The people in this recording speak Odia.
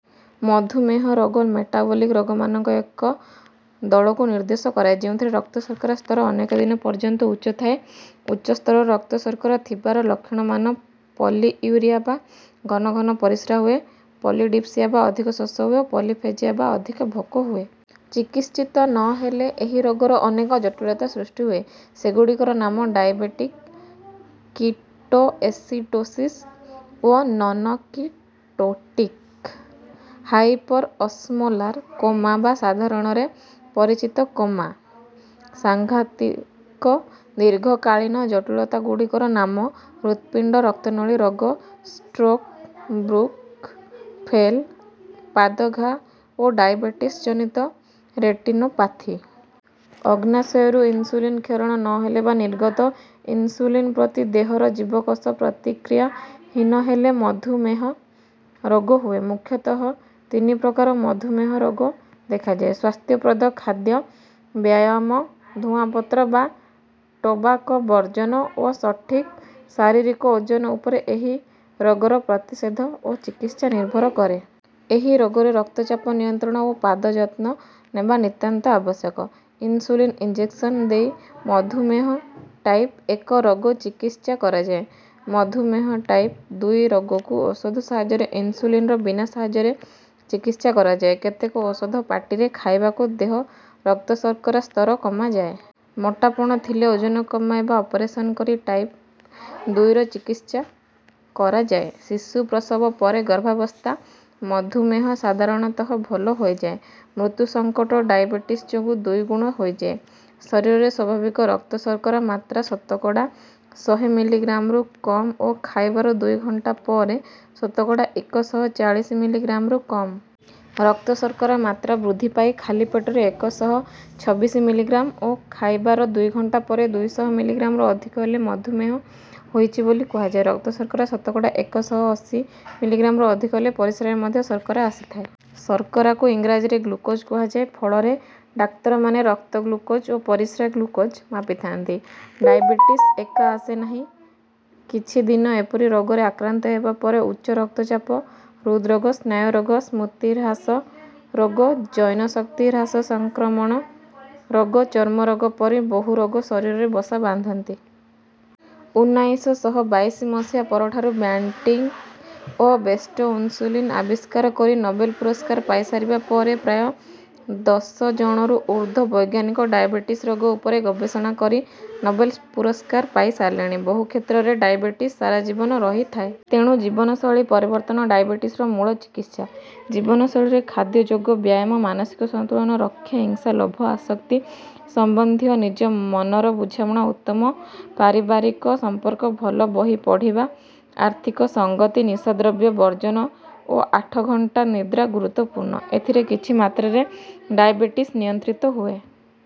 ମଧୁମେହ ରୋଗ ମେଟାବୋଲିକ ରୋଗମାନଙ୍କ ଏକ ଦଳକୁ ନିର୍ଦ୍ଦେଶ କରାଏ ଯେଉଁଥିରେ ରକ୍ତଶର୍କରା ସ୍ତର ଅନେକ ଦିନ ପର୍ଯ୍ୟନ୍ତ ଉଚ୍ଚ ଥାଏ। ଉଚ୍ଚ ସ୍ତରର ରକ୍ତଶର୍କରା ଥିବାର ଲକ୍ଷଣମାନ ପଲିୟୁରିଆ ବା ଘନ ଘନ ପରିସ୍ରା ହୁଏ ପଲିଡିପ୍ସିଆ ବା ଅଧିକ ଶୋଷ ହୁଏ ଓ ପଲିଫେଜିଆ ବା ଅଧିକ ଭୋକ ହୁଏ। ଚିକିତ୍ସିତ ନ ହେଲେ ଏହି ରୋଗର ଅନେକ ଜଟିଳତା ସୃଷ୍ଟି ହୁଏ। ସେଗୁଡ଼ିକର ନାମ ଡାଏବେଟିକ କିଟୋଏସିଡୋସିସ ଓ ନନକିଟୋଟିକ ହାଇପରଅସମୋଲାର କୋମା ବା ସାଧାରଣରେ ପରିଚିତ କୋମା। ସାଂଘାତିକ ଦୀର୍ଘକାଳୀନ ଜଟିଳତାଗୁଡ଼ିକର ନାମ ହୃତ୍ପିଣ୍ଡ ରକ୍ତନଳୀ ରୋଗ ଷ୍ଟ୍ରୋକ ବୃକ୍କ ଫେଲ ପାଦ ଘାଆ ଓ ଡାଏବେଟିସ ଜନିତ ରେଟିନୋପାଥି। ଅଗ୍ନାଶୟରୁ ଇନସୁଲିନ କ୍ଷରଣ ନ ହେଲେ ବା ନିର୍ଗତ ଇନସୁଲିନ ପ୍ରତି ଦେହର ଜୀବକୋଷ ପ୍ରତିକ୍ରିୟାହୀନ ହେଲେ ମଧୁମେହ ରୋଗ ହୁଏ। ମୁଖ୍ୟତଃ ତିନି ପ୍ରକାର ମଧୁମେହ ରୋଗ ଦେଖାଯାଏ। ସ୍ୱାସ୍ଥ୍ୟପ୍ରଦ ଖାଦ୍ୟ ବ୍ୟାୟାମ ଧୂଆଁପତ୍ର ବା ଟୋବାକୋ ବର୍ଜନ ଓ ସଠିକ ଶାରୀରିକ ଓଜନ ଉପରେ ଏହି ରୋଗର ପ୍ରତିଷେଧ ଓ ଚିକିତ୍ସା ନିର୍ଭର କରେ। ଏହି ରୋଗରେ ରକ୍ତଚାପ ନିୟନ୍ତ୍ରଣ ଓ ପାଦଯତ୍ନ ନେବା ନିତାନ୍ତ ଆବଶ୍ୟକ। ଇନସୁଲିନ ଇଞ୍ଜେକସନ ଦେଇ ମଧୁମେହ ଟାଇପ ଏକ ରୋଗ ଚିକିତ୍ସା କରାଯାଏ। ମଧୁମେହ ଟାଇପ ଦୁଇ ରୋଗକୁ ଔଷଧ ସାହାଯ୍ୟରେ ଇନସୁଲିନର ବିନା ସାହାଯ୍ୟରେ ଚିକିତ୍ସା କରାଯାଏ। କେତେକ ଔଷଧ ପାଟିରେ ଖାଇବାକୁ ଦେହ ରକ୍ତଶର୍କରା ସ୍ତର କମାଯାଏ। ମୋଟାପଣ ଥିଲେ ଓଜନ କମାଇବା ଅପରେସନ କରି ଟାଇପ ଦୁଇର ଚିକିତ୍ସା କରାଯାଏ। ଶିଶୁ ପ୍ରସବ ପରେ ଗର୍ଭାବସ୍ଥା ମଧୁମେହ ସାଧାରଣତଃ ଭଲ ହୋଇଯାଏ। ମୃତ୍ୟୁ ସଙ୍କଟ ଡାଏବେଟିସ ଯୋଗୁ ଦୁଇ ଗୁଣ ହୋଇଯାଏ। ଶରୀରରେ ସ୍ୱାଭାବିକ ରକ୍ତଶର୍କରା ମାତ୍ରା ଶତକଡ଼ା ସହେ ମିଲିଗ୍ରାମରୁ କମ ଓ ଖାଇବାର ଦୁଇ ଘଣ୍ଟା ପରେ ଶତକଡ଼ା ଏକ ଶହ ଚାଳିଶି ମିଲିଗ୍ରାମରୁ କମ। ରକ୍ତଶର୍କରା ମାତ୍ରା ବୃଦ୍ଧି ପାଇ ଖାଲି ପେଟରେ ଏକ ଶହ ଛବିଶି ମିଲିଗ୍ରାମ ଓ ଖାଇବାର ଦୁଇ ଘଣ୍ଟା ପରେ ଦୁଇ ଶହ ମିଲିଗ୍ରାମରୁ ଅଧିକ ହେଲେ ମଧୁମେହ ହୋଇଛି ବୋଲି କୁହାଯାଏ। ରକ୍ତଶର୍କରା ଶତକଡ଼ା ଏକ ଶହ ଅଶୀ ମିଲିଗ୍ରାମରୁ ଅଧିକ ହେଲେ ପରିସ୍ରାରେ ମଧ୍ୟ ଶର୍କରା ଆସିଥାଏ। ଶର୍କରାକୁ ଇଂରାଜୀରେ ଗ୍ଲୁକୋଜ କୁହାଯାଏ। ଫଳରେ ଡାକ୍ତରମାନେ ରକ୍ତ ଗ୍ଲୁକୋଜ ଓ ପରିସ୍ରା ଗ୍ଲୁକୋଜ ମାପିଥାନ୍ତି। ଡାଇବେଟିସ ଏକା ଆସେ ନାହିଁ। କିଛି ଦିନ ଏପରି ରୋଗରେ ଆକ୍ରାନ୍ତ ହେବା ପରେ ଉଚ୍ଚ ରକ୍ତଚାପ ହୃଦରୋଗ ସ୍ନାୟୁରୋଗ ସ୍ମୃତିହ୍ରାସ ରୋଗ ଯୌନଶକ୍ତି ହ୍ରାସ ସଂକ୍ରମଣ ରୋଗ ଚର୍ମରୋଗ ପରି ବହୁ ରୋଗ ଶରୀରରେ ବସା ବାନ୍ଧନ୍ତି। ଉନାଇଶ ଶହ ବାଇଶି ମସିହା ପରଠାରୁ ବ୍ୟାଣ୍ଟିଂ ଓ ବେଷ୍ଟ ଇନସୁଲିନ ଆବିଷ୍କାର କରି ନୋବେଲ ପୁରସ୍କାର ପାଇସାରିବା ପରେ ପ୍ରାୟ ଦଶ ଜଣରୁ ଊର୍ଦ୍ଧ୍ୱ ବୈଜ୍ଞାନିକ ଡାଇବେଟିସ ରୋଗ ଉପରେ ଗବେଷଣା କରି ନୋବେଲ ପୁରସ୍କାର ପାଇସାରିଲେଣି। ବହୁ କ୍ଷେତ୍ରରେ ଡାଇବେଟିସ ସାରା ଜୀବନ ରହିଥାଏ। ତେଣୁ ଜୀବନଶୈଳୀ ପରିବର୍ତ୍ତନ ଡାଇବେଟିସର ମୂଳ ଚିକିତ୍ସା। ଜୀବନଶୈଳୀରେ ଖାଦ୍ୟ ଯୋଗ ବ୍ୟାୟାମ ମାନସିକ ସନ୍ତୁଳନ ରକ୍ଷା ହିଂସା ଲୋଭ ଆସକ୍ତି ସମ୍ବନ୍ଧୀୟ ନିଜ ମନର ବୁଝାମଣା ଉତ୍ତମ ପାରିବାରିକ ସମ୍ପର୍କ ଭଲ ବହି ପଢ଼ିବା ଆର୍ଥିକ ସଂଗତି ନିଶାଦ୍ରବ୍ୟ ବର୍ଜନ ଓ ଆଠ ଘଣ୍ଟା ନିଦ୍ରା ଗୁରୁତ୍ୱପୂର୍ଣ୍ଣ। ଏଥିରେ କିଛି ମାତ୍ରାରେ ଡାଇବେଟିସ ନିୟନ୍ତ୍ରିତ ହୁଏ।